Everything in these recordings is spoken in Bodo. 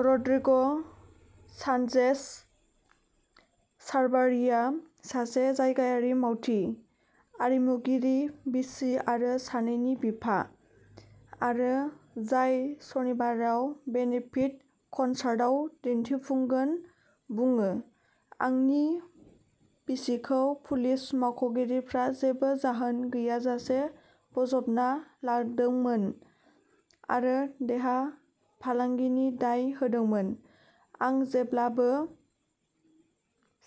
रड्रिग'सानचेज-चाभार्रिया, सासे जायगायारि मावथि, आरिमुगिरि, बिसि आरो सानैनि बिफा, आरो जाय सनिबाराव बेनिफिट कनसार्टआव दिन्थिफुंगोन, बुङो। "आंनि बिसिखौ पुलिस मावख'गिरिफ्रा जेबो जाहोन गैयाजासे बोजबना लादोंमोन आरो देहा फालांगिनि दाय होदोंमोन।" "आं जेब्लाबो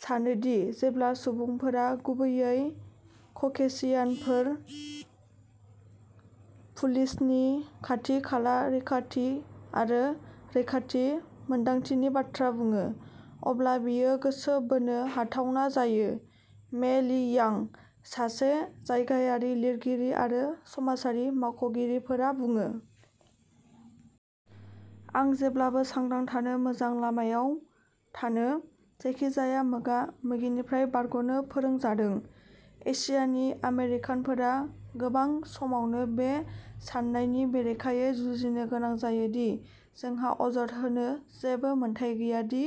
सानो दि जेब्ला सुबुंफोरा-गुबैयै ककेसियानफोर-पुलिसनि खाथि-खाला रैखाथि आरो रैखाथि मोन्दांथिनि बाथ्रा बुङो, अब्ला बेयो गोसो बोनो हाथावना जायो", मे ली-यां, सासे जायगायारि लिरगिरि आरो समाजारि मावगिरिफोरा बुङो। "आं जेब्लाबो सांग्रां थानो, मोजां लामायाव थानो, जायखिजाया मोगा-मोगिनिफ्राय बारग'नो फोरोंजादों।" एशियानि आमेरिकानफोरा गोबां समावनो बे साननायनि बेरेखायै जुजिनो गोनां जायो दि जोंहा अजद होनो जेबो मोन्थाइ गैया, दि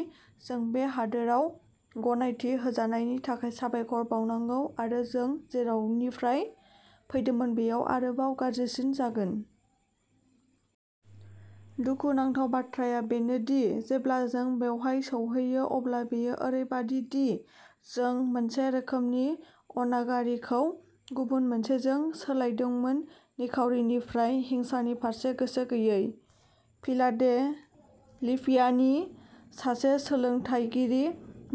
जों बे हादोराव गनायथि होजानायनि थाखाय साबायखर बावनांगौ आरो जों जेरावनिफ्राय फैदोंमोन बेयाव आरोबाव गाज्रिसिन जागोन। "दुखुनांथाव बाथ्राया बेनो दि जेब्ला जों बेवहाय सौहैयो, अब्ला बेयो ओरैबादि दि जों मोनसे रोखोमनि अनागारिखौ गुबुन मोनसेजों सोलायदोंमोन, निखावरिनिफ्राय। हिंसानि फारसे गोसो गैयै ", फिलाडेलिपियानि सासे सोलोंथायगिरि,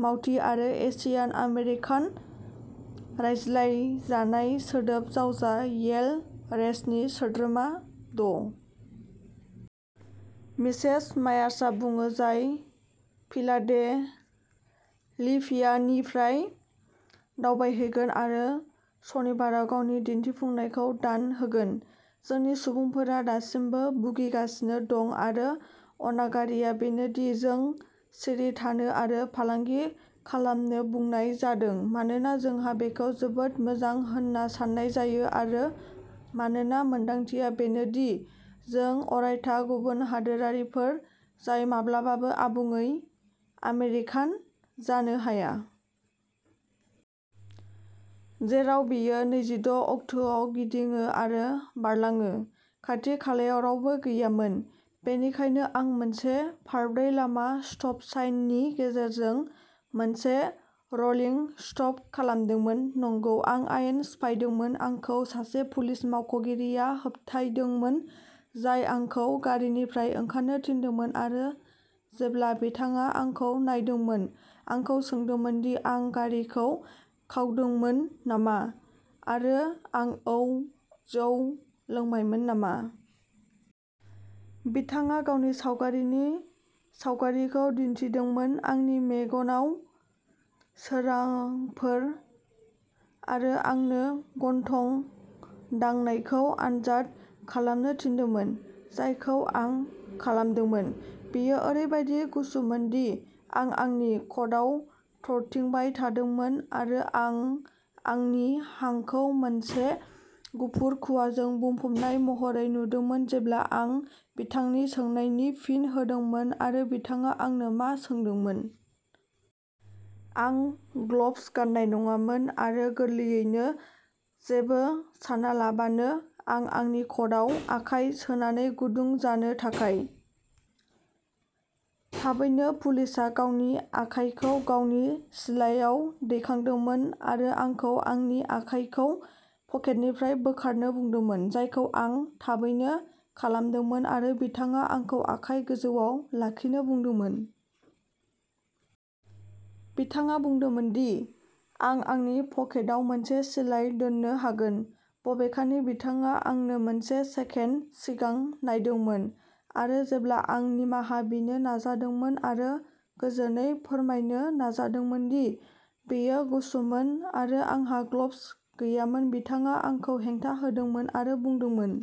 मावथि, आरो एशियान आमेरिकान रायज्लायजानाय सोदोब जावजा येल'रेजनि सोद्रोमा ड मिशेस मायासआ बुङो, जाय फिलाडेलिपियानिफ्राय दावबायहैगोन आरो सनिबाराव गावनि दिन्थिफुंनायखौ दान होगोन।" जोंनि सुबुंफोरा दासिमबो भुगिगासिनो दं, आरो अनागारिआ बेनो दि जों'सिरि थानो आरो फालांगि खालामनो'बुंनाय जादों मानोना जोंहा बेखौ जोबोद मोजां होन्ना सान्नाय जायो आरो मानोना मोन्दांथिया बेनो दि जों अरायथा गुबुन हादोरारिफोर जाय माब्लाबाबो आबुङै आमेरिकान जानो हाया। "जेराव बेयो नैजिद' अक्ट'आव गिदिङो आरो बारलाङो। खाथि-खालायाव रावबो गैयामोन, बेनिखायनो आं मोनसे फारब्रै-लामा स्टप साइननि गेजेरजों मोनसे र'लिं स्टप खालामदोंमोन। नंगौ, आं आयेन सिफायदोंमोन। आंखौ सासे पुलिस मावख'गिरिया होबथायदोंमोन, जाय आंखौ गारिनिफ्राय ओंखारनो थिनदोंमोन आरो, जेब्ला बिथाङा आंखौ नायदोंमोन, आंखौ सोंदोंमोन दि आं गारिखौ खावदोंमोन नामा, आरो आं औ जौ लोंबायमोन नामा। बिथाङा गावनि सावगारिनि सावगारिखौ दिन्थिदोंमोन। आंनि मेगनाव सोरांफोर आरो आंनो गन्थं-दांनायखौ आनजाद खालामनो थिनदोंमोन, जायखौ आं खालामदोंमोन। बेयो ओरैबायदि गुसुमोनदि आं आंनि कटआव थरथिंबाय थादोंमोन आरो आं आंनि हांखौ मोनसे गुफुर खुवाजों बुंफबनाय महरै नुदोंमोन जेब्ला आं बिथांनि सोंनायनि फिन होदोंमोन आरो बिथाङा आंनो मा सोंदोंमोन। आं ग्लब्स गान्नाय नङामोन, आरो गोरलैयैनो, जेबो सानालाबानो, आं आंनि कटआव आखाइ सोनानै गुदुं जानो थाखाय। थाबैनो पुलिसआ गावनि आखाइखौ गावनि सिलायाव दैखांदोंमोन आरो आंखौ आंनि आखाइखौ पकेटनिफ्राय बोखारनो बुंदोंमोन, जायखौ आं थाबैनो खालामदोंमोन, आरो बिथाङा आंखौ आखाइ गोजौआव लाखिनो बुंदोंमोन। बिथाङा बुंदोंमोन दि आं आंनि पकेटआव मोनसे सिलाइ दोननो हागोन, बबेखानि बिथाङा आंनो मोनसे सेकेन्ड सिगां नायदोंमोन, आरो जेब्ला आं निमाहा बिनो नाजादोंमोन आरो गोजोनै फोरमायनो नाजादोंमोन दि बेयो गुसुमोन आरो आंहा ग्लब्स गैयामोन, बिथाङा आंखौ हेंथा होदोंमोन आरो बुंदोंमोन।